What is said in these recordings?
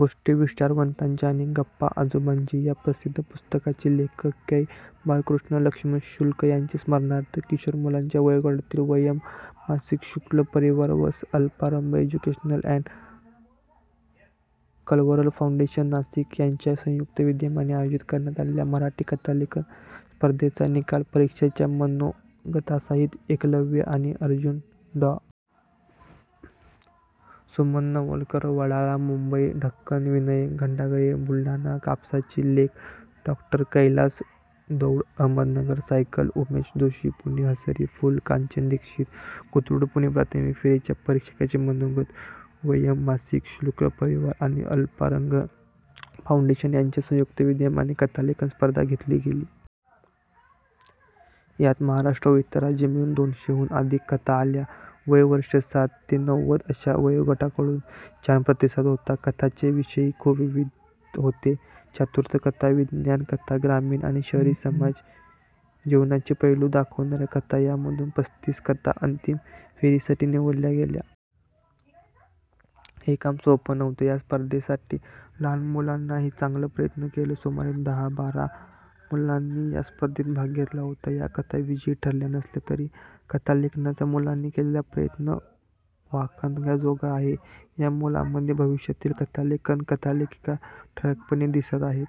गोष्टी विचारवंतांच्या आणि गप्पा आजोबांशी या प्रसिद्ध पुस्तकांचे लेखक कै. बाळकृष्ण लक्ष्मण शुक्ल यांच्या स्मरणार्थ किशोर मुलांच्या वयोगटासाठी वयम् मासिक, शुक्ल परिवार व Alparambh educational and cultural foundation, Nashik यांच्या संयुक्त विद्यमाने आयोजित करण्यात आलेल्या मराठी कथालेखन स्पर्धेचा निकाल परीक्षकांच्या मनोगतासहित एकलव्य आणि अर्जुन डॉ. सुमन नवलकर, वडाळा मुंबई ढक्कन विनय खंडागळे, बुलढाणा कापसाची लेक डॉ. कैलास दौंड, अहमदनगर सायकल- उमेश जोशी, पुणे हसरी फुलं कांचन दीक्षित, कोथरूड पुणे प्राथमिक फेरीच्या परीक्षकांचे मनोगत वयम् मासिक, शुक्ल परिवार आणि अल्पारंभ फाऊंडेशन यांच्या संयुक्त विद्यमाने कथालेखन स्पर्धा घेतली गेली. यात महाराष्ट्र व इतर राज्य मिळून दोनशे हून अधिक कथा आल्या. वय वर्षे सात ते नव्वद अशा वयोगटाकडून छान प्रतिसाद होता. कथांचे विषयही खूप विविध होते. चातुर्य कथा, विज्ञान कथा, ग्रामीण आणि शहरी समाज जीवनाचे पैलू दाखवणाऱ्या कथा यांमधून पस्तीस कथा अंतिम फेरीसाठी निवडल्या गेल्या. हे काम सोपं नव्हतं. या स्पर्धेसाठी लहान मुलांनीही चांगले प्रयत्न केले. सुमारे दहा बारा मुलांनी या स्पर्धेत भाग घेतला होता. या कथा विजयी ठरल्या नसल्या तरी कथालेखनाचा मुलांनी केलेला प्रयत्न वाखाणण्याजोगा आहे. या मुलांमध्ये भविष्यातील कथालेखक कथालेखिका ठळकपणे दिसत आहेत.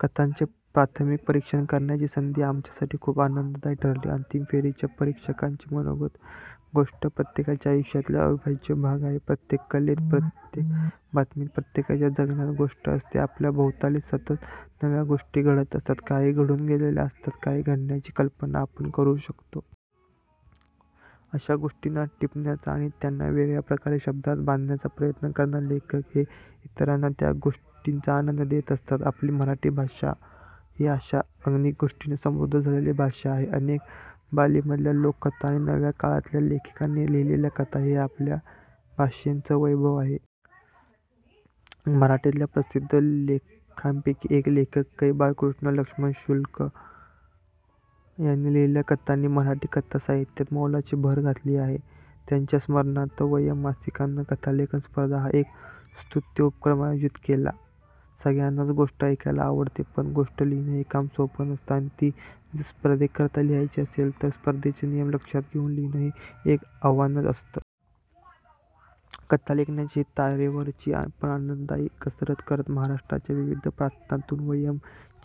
कथांचे प्राथमिक परीक्षण करण्याची संधी आमच्यासाठी खूप आनंददायी ठरली. अंतिम फेरीच्या परीक्षकांचे मनोगत गोष्ट प्रत्येकाच्या आयुष्यातला अविभाज्य भाग आहे. प्रत्येक कलेत, प्रत्येक बातमीत, प्रत्येकाच्या जगण्यात गोष्ट असते. आपल्या भोवताली सतत नव्या गोष्टी घडत असतात, काही घडून गेलेल्या असतात, काही घडण्याची कल्पना आपण करू शकतो. अशा गोष्टींना टिपण्याचा आणि त्यांना वेगळ्या प्रकारे शब्दांत बांधण्याचा प्रयत्न करणारे लेखक हे इतरांना त्या गोष्टींचा आनंद देत असतात. आपली मराठी भाषा ही अशा अगणित गोष्टींनी समृद्ध झालेली भाषा आहे. अनेक बोलींमधल्या लोककथा आणि नव्या काळातल्या लेखकांनी लिहिलेल्या कथा, हे आपल्या भाषेचं वैभव आहे. मराठीतल्या प्रसिद्ध लेखकांपैकी एक लेखक कै. बाळकृष्ण लक्ष्मण शुक्ल. त्यांनी लिहिलेल्या कथांनी मराठी कथा साहित्यात मोलाची भर घातली आहे. त्यांच्या स्मरणार्थ वयम् मासिकानं कथालेखन स्पर्धा हा एक स्तुत्य उपक्रम आयोजित केला. सगळ्यांनाच गोष्ट ऐकायला आवडते, पण गोष्ट लिहिणं हे काम सोपं नसतं आणि ती जर स्पर्धेकरिता लिहायची असेल, तर स्पर्धेचे नियम लक्षात घेऊन लिहिणं हे एक आव्हानच असतं. कथालेखनाची ही तारेवरची, पण आनंददायी कसरत करत महाराष्ट्राच्या विविध प्रांतांतून वयम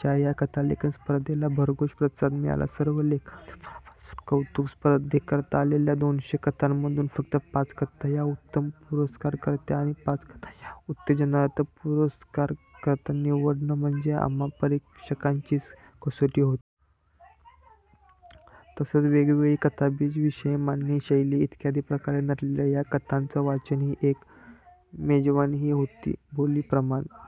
च्या ह्या कथालेखन स्पर्धेला भरघोस प्रतिसाद मिळाला. सर्व लेखकांचं मनापासून कौतुक. स्पर्धेकरता आलेल्या दोनशे कथांमधून फक्त पाच कथा ह्या उत्तम पुरस्काराकरिता आणि पाच कथा ह्या उत्तेजनार्थ पुरस्काराकरता निवडणं म्हणजे आम्हा परीक्षकांचीच कसोटी होती. तसंच वेगवेगळी कथाबीजं, विषय, मांडणी, शैली इत्यादी प्रकारे नटलेल्या ह्या कथांचं वाचन ही एक मेजवानीही होती. बोली, प्रमाण